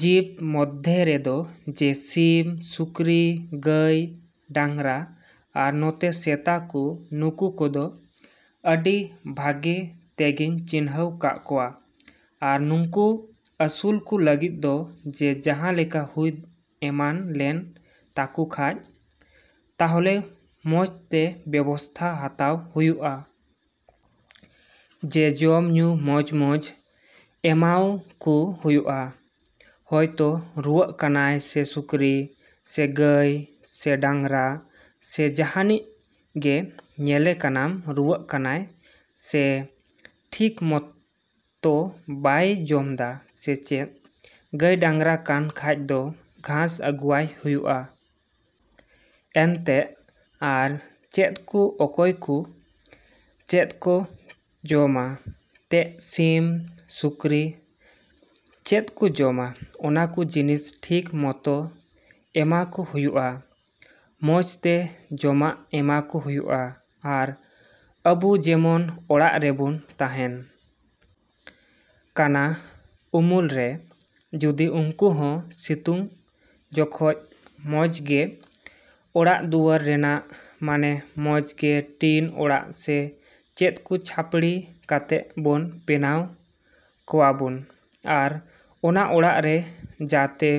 ᱡᱤᱵᱽ ᱢᱚᱫᱽᱫᱷᱮ ᱨᱮᱫᱚ ᱡᱮ ᱥᱤᱢ, ᱥᱩᱠᱨᱤ, ᱜᱟᱹᱭ, ᱰᱟᱝᱨᱟ ᱟᱨ ᱱᱚᱛᱮ ᱥᱮᱛᱟ ᱠᱩ ᱱᱩᱠᱩ ᱠᱚᱫᱚ ᱟᱹᱰᱤ ᱵᱷᱟᱜᱮ ᱛᱮᱜᱤᱧ ᱪᱤᱱᱦᱟᱹᱣ ᱠᱟᱜ ᱠᱚᱣᱟ᱾ ᱟᱨ ᱱᱩᱝᱠᱩ ᱟᱹᱥᱩᱞ ᱠᱩ ᱞᱟᱹᱜᱤᱫ ᱫᱚ ᱡᱮ ᱡᱟᱦᱟᱸ ᱞᱮᱠᱟ ᱦᱩᱭ ᱮᱢᱟᱱ ᱞᱮᱱ ᱛᱟᱠᱚ ᱠᱷᱟᱡ ᱛᱟᱦᱚᱞᱮ ᱢᱚᱡᱽ ᱛᱮ ᱵᱮᱵᱚᱥᱛᱷᱟ ᱦᱟᱛᱟᱣ ᱦᱩᱭᱩᱜ-ᱟ᱾ ᱡᱮ ᱡᱚᱢ ᱧᱩ ᱢᱚᱡᱽ ᱢᱚᱡᱽ ᱮᱢᱟᱣ ᱠᱚ ᱦᱩᱭᱩᱜ-ᱟ᱾ ᱦᱚᱭᱛᱳ ᱨᱩᱣᱟᱹᱜ ᱠᱟᱱᱟᱭ ᱥᱮ ᱥᱩᱠᱨᱤ, ᱥᱮ ᱜᱟᱹᱭ, ᱥᱮ ᱰᱟᱝᱨᱟ, ᱥᱮ ᱡᱟᱦᱟᱱᱤᱡ ᱜᱮ ᱧᱮᱞᱮ ᱠᱟᱱᱟᱢ ᱨᱩᱣᱟᱹᱜ ᱠᱟᱱᱟᱭ ᱥᱮ ᱴᱷᱤᱠ ᱢᱚᱛᱳ ᱵᱟᱭ ᱡᱚᱢᱫᱟ ᱥᱮ ᱪᱮᱫ? ᱜᱟᱹᱭ ᱰᱟᱝᱨᱟ ᱠᱟᱱ ᱠᱷᱟᱡ ᱫᱚ ᱜᱷᱟᱥ ᱟᱹᱜᱩᱣᱟᱭ ᱦᱩᱭᱩᱜ-ᱟ᱾ ᱮᱱᱛᱮᱜ ᱟᱨ ᱪᱮᱫᱠᱩ ᱚᱠᱚᱭ ᱠᱩ ᱪᱮᱫ ᱠᱚ ᱡᱚᱢᱟ ᱛᱮᱜ ᱥᱤᱢ ᱥᱩᱠᱨᱤ ᱪᱮᱫ ᱠᱚ ᱡᱚᱢᱟ ᱚᱱᱟ ᱠᱚ ᱡᱤᱱᱤᱥ ᱴᱷᱤᱠ ᱢᱚᱛᱳ ᱮᱢᱟ ᱠᱚ ᱦᱩᱭᱩᱜ-ᱟ᱾ ᱢᱚᱡᱽ ᱛᱮ ᱡᱚᱢᱟᱜ ᱮᱢᱟᱠᱚ ᱦᱩᱭᱩᱜ-ᱟ᱾ ᱟᱨ ᱟᱹᱵᱩ ᱡᱮᱢᱚᱱ ᱚᱲᱟᱜ ᱨᱮᱵᱚᱱ ᱛᱟᱦᱮᱱ ᱠᱟᱱᱟ ᱩᱢᱩᱞ ᱨᱮ ᱡᱩᱫᱤ ᱩᱱᱠᱩ ᱦᱚᱸ ᱥᱤᱛᱩᱝ ᱡᱚᱠᱷᱚᱡ ᱢᱚᱡᱽ ᱜᱮ ᱚᱲᱟᱜ ᱫᱩᱣᱟᱹᱨ ᱨᱮᱱᱟᱜ ᱢᱟᱱᱮ ᱢᱚᱡᱽ ᱜᱮ ᱴᱤᱱ ᱚᱲᱟᱜ ᱥᱮ ᱪᱮᱫ ᱠᱚ ᱪᱷᱟᱯᱲᱤ ᱠᱟᱛᱮᱜ ᱵᱚᱱ ᱵᱮᱱᱟᱣ ᱠᱚᱣᱟᱵᱚᱱ ᱟᱨ ᱚᱱᱟ ᱚᱲᱟᱜ ᱨᱮ ᱡᱟᱛᱮ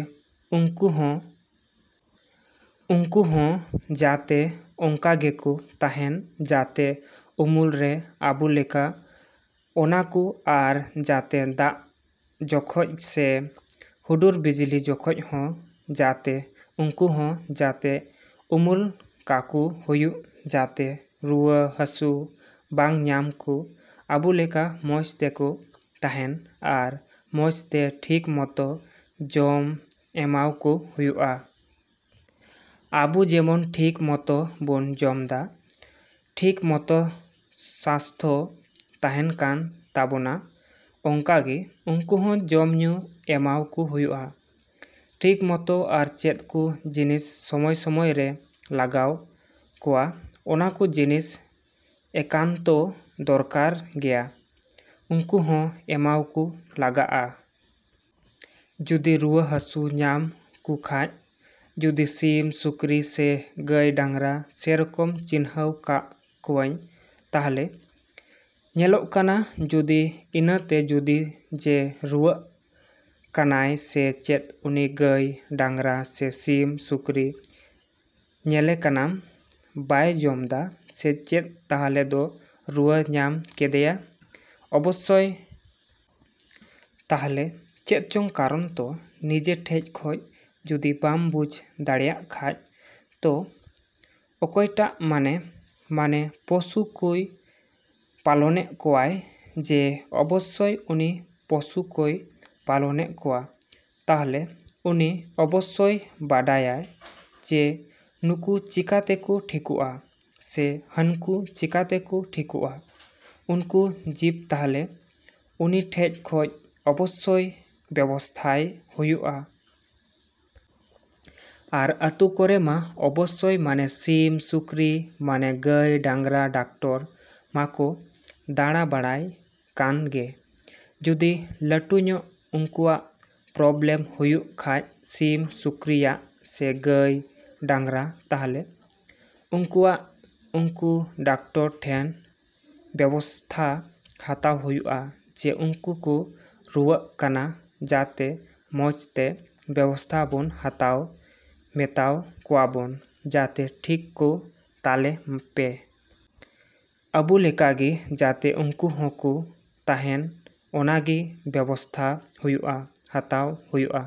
ᱩᱱᱠᱩ ᱦᱚᱸ ᱩᱱᱠᱩ ᱦᱚᱸ ᱡᱟᱛᱮ ᱚᱱᱠᱟ ᱜᱮᱠᱚ ᱛᱟᱦᱮᱱ ᱡᱟᱛᱮ ᱩᱢᱩᱞ ᱨᱮ ᱟᱵᱚ ᱞᱮᱠᱟ ᱚᱱᱟᱠᱚ ᱟᱨ ᱡᱟᱛᱮ ᱫᱟᱜ ᱡᱚᱠᱷᱚᱡ ᱥᱮ ᱦᱩᱰᱩᱨ ᱵᱤᱡᱽᱞᱤ ᱡᱚᱠᱷᱚᱡ ᱦᱚᱸ ᱡᱟᱛᱮ ᱩᱱᱠᱩ ᱦᱚᱸ ᱡᱟᱛᱮ ᱩᱢᱩᱞ ᱠᱟᱠᱚ ᱦᱩᱭᱩᱜ ᱡᱟᱛᱮ ᱨᱩᱣᱟᱹ ᱦᱟᱹᱥᱩ ᱵᱟᱝ ᱧᱟᱢ ᱠᱚ ᱟᱵᱚ ᱞᱮᱠᱟ ᱢᱚᱡᱽ ᱛᱮᱠᱚ ᱛᱟᱦᱮᱱ ᱟᱨ ᱢᱚᱡᱽ ᱛᱮ ᱴᱷᱤᱠ ᱢᱚᱛᱳ ᱡᱚᱢ ᱮᱢᱟᱣ ᱠᱚ ᱦᱩᱭᱩᱜ-ᱟ᱾ ᱟᱵᱚ ᱡᱮᱢᱚᱱ ᱴᱷᱤᱠ ᱢᱚᱛᱳ ᱵᱚᱱ ᱡᱚᱢᱫᱟ ᱴᱷᱤᱠ ᱢᱚᱛᱳ ᱥᱟᱥᱛᱷᱚ ᱛᱟᱦᱮᱱ ᱠᱟᱱ ᱛᱟᱵᱳᱱᱟ ᱚᱱᱠᱟᱜᱮ ᱩᱱᱠᱩ ᱦᱚᱸ ᱡᱚᱢ ᱧᱩ ᱮᱢᱟᱣ ᱠᱚ ᱦᱩᱭᱩᱜ-ᱟ ᱴᱷᱤᱠ ᱢᱚᱛᱚ ᱟᱨ ᱪᱮᱫ ᱠᱚ ᱡᱤᱱᱤᱥ ᱥᱚᱢᱚᱭ ᱥᱚᱢᱚᱭ ᱨᱮ ᱞᱟᱜᱟᱣ ᱠᱚᱣᱟ ᱚᱱᱟ ᱠᱚ ᱡᱤᱱᱤᱥ ᱮᱠᱟᱱᱛᱚ ᱫᱚᱨᱠᱟᱨ ᱜᱮᱭᱟ ᱩᱱᱠᱩ ᱦᱚᱸ ᱮᱢᱟᱣ ᱠᱚ ᱞᱟᱜᱟᱜ-ᱟ᱾ ᱡᱩᱫᱤ ᱨᱩᱣᱟᱹ ᱦᱟᱹᱥᱩ ᱧᱟᱢ ᱠᱚᱠᱷᱟᱡ ᱡᱩᱫᱤ ᱥᱤᱢ, ᱥᱩᱠᱨᱤ ᱥᱮ ᱜᱟᱹᱭ, ᱰᱟᱝᱨᱟ ᱡᱮᱨᱚᱠᱚᱢ ᱪᱤᱱᱦᱟᱹᱣ ᱠᱟᱜ ᱠᱚᱣᱟᱧ ᱛᱟᱦᱞᱮ ᱧᱮᱞᱚᱜ ᱠᱟᱱᱟ ᱡᱩᱫᱤ ᱤᱱᱟᱹᱛᱮ ᱡᱩᱫᱤ ᱡᱮ ᱨᱩᱣᱟᱹᱜ ᱠᱟᱱᱟᱭ ᱥᱮ ᱪᱮᱫ ᱩᱱᱤ ᱜᱟᱹᱭ, ᱰᱟᱝᱨᱟ ᱥᱮ ᱥᱤᱢ, ᱥᱩᱠᱨᱤ ᱧᱮᱞᱮ ᱠᱟᱱᱟᱢ ᱵᱟᱭ ᱡᱚᱢᱫᱟ ᱥᱮ ᱪᱮᱫ ᱛᱟᱦᱞᱮ ᱫᱚ ᱨᱩᱣᱟᱹ ᱧᱟᱢ ᱠᱮᱫᱮᱭᱟ ᱚᱵᱚᱥᱥᱳᱭ᱾ ᱛᱟᱦᱞᱮ ᱪᱮᱫ ᱪᱚᱝ ᱠᱟᱨᱚᱱ ᱛᱚ ᱱᱤᱡᱮ ᱴᱷᱮᱡ ᱠᱷᱚᱡ ᱡᱩᱫᱤ ᱵᱟᱢ ᱵᱩᱡᱽ ᱫᱟᱲᱮᱭᱟᱜ ᱠᱷᱟᱡ ᱛᱚ ᱚᱠᱚᱭᱴᱟᱜ ᱢᱟᱱᱮ ᱢᱟᱱᱮ ᱯᱚᱥᱩ ᱠᱚᱭ ᱯᱟᱞᱚᱱᱮᱜ ᱠᱚᱣᱟᱭ ᱡᱮ ᱚᱵᱚᱥᱥᱚᱭ ᱩᱱᱤ ᱯᱚᱥᱩ ᱠᱚᱭ ᱯᱟᱞᱚᱱᱮᱜ ᱠᱚᱣᱟ ᱛᱟᱦᱞᱮ ᱩᱱᱤ ᱚᱵᱚᱥᱥᱚᱭ ᱵᱟᱰᱟᱭᱟ ᱡᱮ ᱱᱩᱠᱩ ᱪᱤᱠᱟ ᱛᱮᱠᱚ ᱴᱷᱤᱠᱚᱜ-ᱟ ᱥᱮ ᱦᱟᱹᱱᱠᱩ ᱪᱤᱠᱟ ᱛᱮᱠᱚ ᱴᱷᱤᱠᱚᱜ-ᱟ ᱩᱱᱠᱩ ᱡᱤᱵᱽ ᱛᱟᱦᱞᱮ ᱩᱱᱤ ᱴᱷᱮᱡ ᱠᱷᱚᱡ ᱚᱵᱚᱥᱥᱚᱭ ᱵᱮᱵᱚᱥᱛᱷᱟᱭ ᱦᱩᱭᱩᱜ-ᱟ᱾ ᱟᱨ ᱟᱹᱛᱩ ᱠᱚᱨᱮ ᱢᱟ ᱚᱵᱚᱥᱥᱚᱭ ᱢᱟᱱᱮ ᱥᱤᱢ, ᱥᱩᱠᱨᱤ, ᱢᱟᱱᱮ ᱜᱟᱹᱭ, ᱰᱟᱝᱨᱟ ᱰᱟᱠᱛᱟᱨ ᱢᱟᱠᱚ ᱫᱟᱬᱟ ᱵᱟᱲᱟᱭ ᱠᱟᱱᱜᱮ ᱡᱩᱫᱤ ᱞᱟᱹᱴᱩ ᱧᱚᱜ ᱩᱱᱠᱩᱣᱟᱜ ᱯᱨᱚᱵᱞᱮᱢ ᱦᱩᱭᱩᱜ ᱠᱷᱟᱡ ᱥᱤᱢ, ᱥᱩᱠᱨᱤᱭᱟᱜ ᱥᱮ ᱜᱟᱹᱭ, ᱰᱟᱝᱨᱟ ᱛᱟᱦᱞᱮ ᱩᱱᱠᱩᱣᱟᱜ ᱩᱱᱠᱩ ᱰᱟᱠᱛᱚᱨ ᱴᱷᱮᱱ ᱵᱮᱵᱚᱥᱛᱷᱟ ᱦᱟᱛᱟᱣ ᱦᱩᱭᱩᱜ-ᱟ ᱡᱮ ᱩᱱᱠᱩ ᱠᱚ ᱨᱩᱣᱟᱹᱜ ᱠᱟᱱᱟ ᱡᱟᱛᱮ ᱢᱚᱡᱽᱛᱮ ᱵᱮᱵᱚᱥᱛᱷᱟ ᱵᱚᱱ ᱦᱟᱛᱟᱣ ᱢᱮᱛᱟᱣ ᱠᱚᱣᱟᱵᱚᱱ ᱡᱟᱛᱮ ᱴᱷᱤᱠ ᱠᱚ ᱛᱟᱞᱮ ᱯᱮ᱾ ᱟᱹᱵᱩ ᱞᱮᱠᱟᱜᱮ ᱡᱟᱛᱮ ᱩᱱᱠᱩ ᱦᱚᱸᱠᱚ ᱛᱟᱦᱮᱱ ᱚᱱᱟᱜᱮ ᱵᱮᱵᱚᱥᱛᱷᱟ ᱦᱩᱭᱩᱜ-ᱟ ᱦᱟᱛᱟᱣ ᱦᱩᱭᱩᱜ-ᱟ᱾